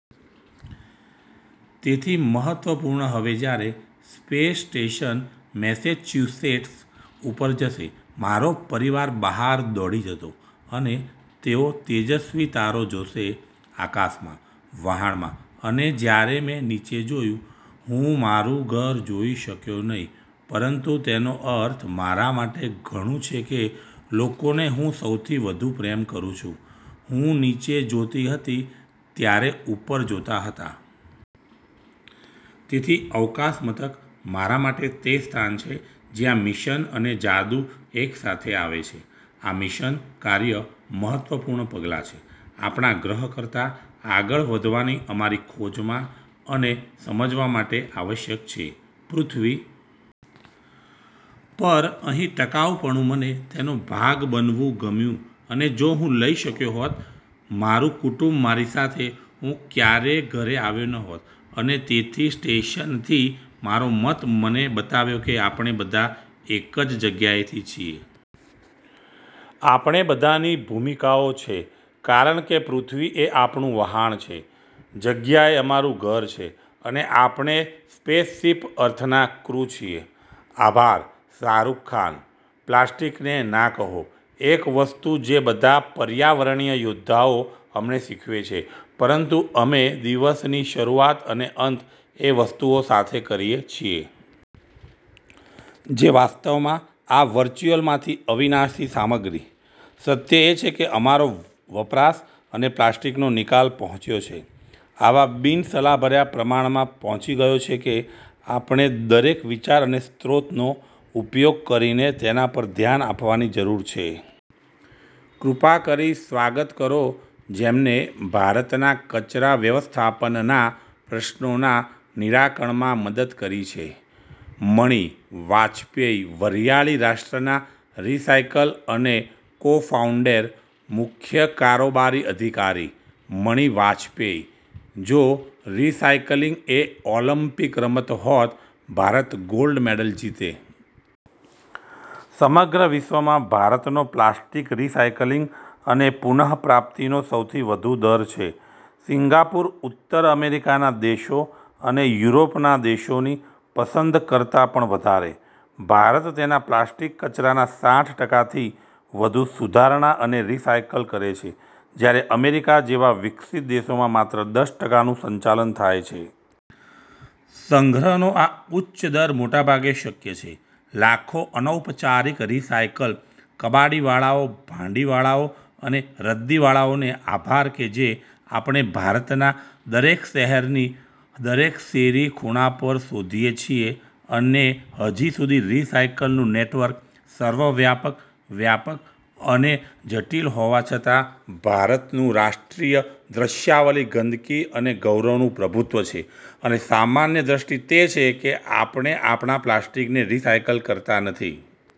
તેથી મહત્વપૂર્ણ હવે જ્યારે સ્પેસ સ્ટેશન મેસેચ્યુસેટ્સ ઉપર જશે, મારો પરિવાર બહાર દોડી જતો અને તેઓ તેજસ્વી તારો જોશે આકાશમાં. વહાણમાં અને જ્યારે મેં નીચે જોયું, હું મારું ઘર જોઈ શક્યો નહીં, પરંતુ તેનો અર્થ મારા માટે ઘણું છે કે લોકોને હું સૌથી વધુ પ્રેમ કરું છું હું નીચે જોતી હતી ત્યારે ઉપર જોતા હતા. તેથી અવકાશ મથક, મારા માટે તે સ્થાન છે જ્યાં મિશન અને જાદુ એક સાથે આવે છે. આ મિશન, કાર્ય મહત્વપૂર્ણ પગલાં છે. આપણા ગ્રહ કરતા આગળ વધવાની અમારી ખોજમાં અને સમજવા માટે આવશ્યક છે .પૃથ્વી પર અહીં ટકાઉપણું મને તેનો ભાગ બનવું ગમ્યું અને જો હું લઈ શક્યો હોત મારું કુટુંબ મારી સાથે, હું ક્યારેય ઘરે આવ્યો ન હોત અને તેથી સ્ટેશનથી મારો મત મને બતાવ્યો કે આપણે બધા એક જ જગ્યાએથી છીએ. આપણે બધાની ભૂમિકાઓ છે.કારણ કે, પૃથ્વી એ આપણું વહાણ છે. જગ્યા એ અમારું ઘર છે અને આપણે સ્પેસશીપ અર્થના ક્રૂ છીએ. આભાર. શાહરૂખ ખાન: પ્લાસ્ટિકને ના કહો. એક વસ્તુ જે બધા પર્યાવરણીય યોદ્ધાઓ અમને શીખવે છે, પરંતુ અમે દિવસની શરૂઆત અને અંત એ વસ્તુઓ સાથે કરીએ છીએ. જે વાસ્તવમાં આ વર્ચ્યુઅલ માંથી અવિનાશી સામગ્રી. સત્ય એ છે કે અમારો વપરાશ અને પ્લાસ્ટિકનો નિકાલ પહોંચ્યો છે. આવા બિનસલાહભર્યા પ્રમાણમાં પહોંચી ગયો છે કે આપણે દરેક વિચાર અને સ્ત્રોતનો ઉપયોગ કરીને તેના પર ધ્યાન આપવાની જરૂર છે. કૃપા કરી સ્વાગત કરો જેમને ભારતના કચરા વ્ય- વસ્થાપનનાં પ્રશ્નોના નિરાકણમાં મદદ કરી છે. મણિ વાજપેયી, વરિયાળી રાષ્ટ્રના રિસાયકલ અને કોફાઉન્ડેર/ મુખ્ય કારોબારી અધિકારી. મણિ વાજપેયી: જો રિસાયકલિંગ એ ઓલિમ્પિક રમત હોત, ભારત ગોલ્ડ મેડલ જીતે. સમગ્ર વિશ્વમાં ભારતનો પ્લાસ્ટિક રિસાયકલિંગ અને પુન:પ્રાપ્તિ નો સૌથી વધુ દર છે. સિંગાપુર, ઉત્તર અમેરિકાના દેશો અને યુરોપના દેશોની પસંદ કરતા પણ વધારે. ભારત તેના પ્લાસ્ટિક કચરાના સાઠ ટકાથી વધુ સુધારણા અને રિસાયકલ કરે છે, જ્યારે અમેરિકા જેવા વિકસિત દેશોમાં માત્ર દસ ટકાનું સંચાલન થાય છે. સંગ્રહનો આ ઉચ્ચ દર મોટા ભાગે શક્ય છે. લાખો અનૌપચારિક રિસાયકલ, કબાડીવાળાઓ, ભાંડીવાળાઓ અને રદ્દીવાળાઓને આભાર કે જે આપણે ભારતના દરેક શહેરની દરેક શેરી ખૂણા પર શોધીએ છીએ અને હજી સુધી રિસાયકલનું નેટવર્ક સર્વવ્યાપક, વ્યાપક અને જટિલ હોવા છતાં, ભારતનું રાષ્ટ્રીય દૃશ્યાવલિ ગંદકી અને ગૌરવનું પ્રભુત્વ છે અને સામાન્ય દ્રષ્ટિ તે છે કે આપણે આપણા પ્લાસ્ટિકને રિસાયકલ કરતા નથી.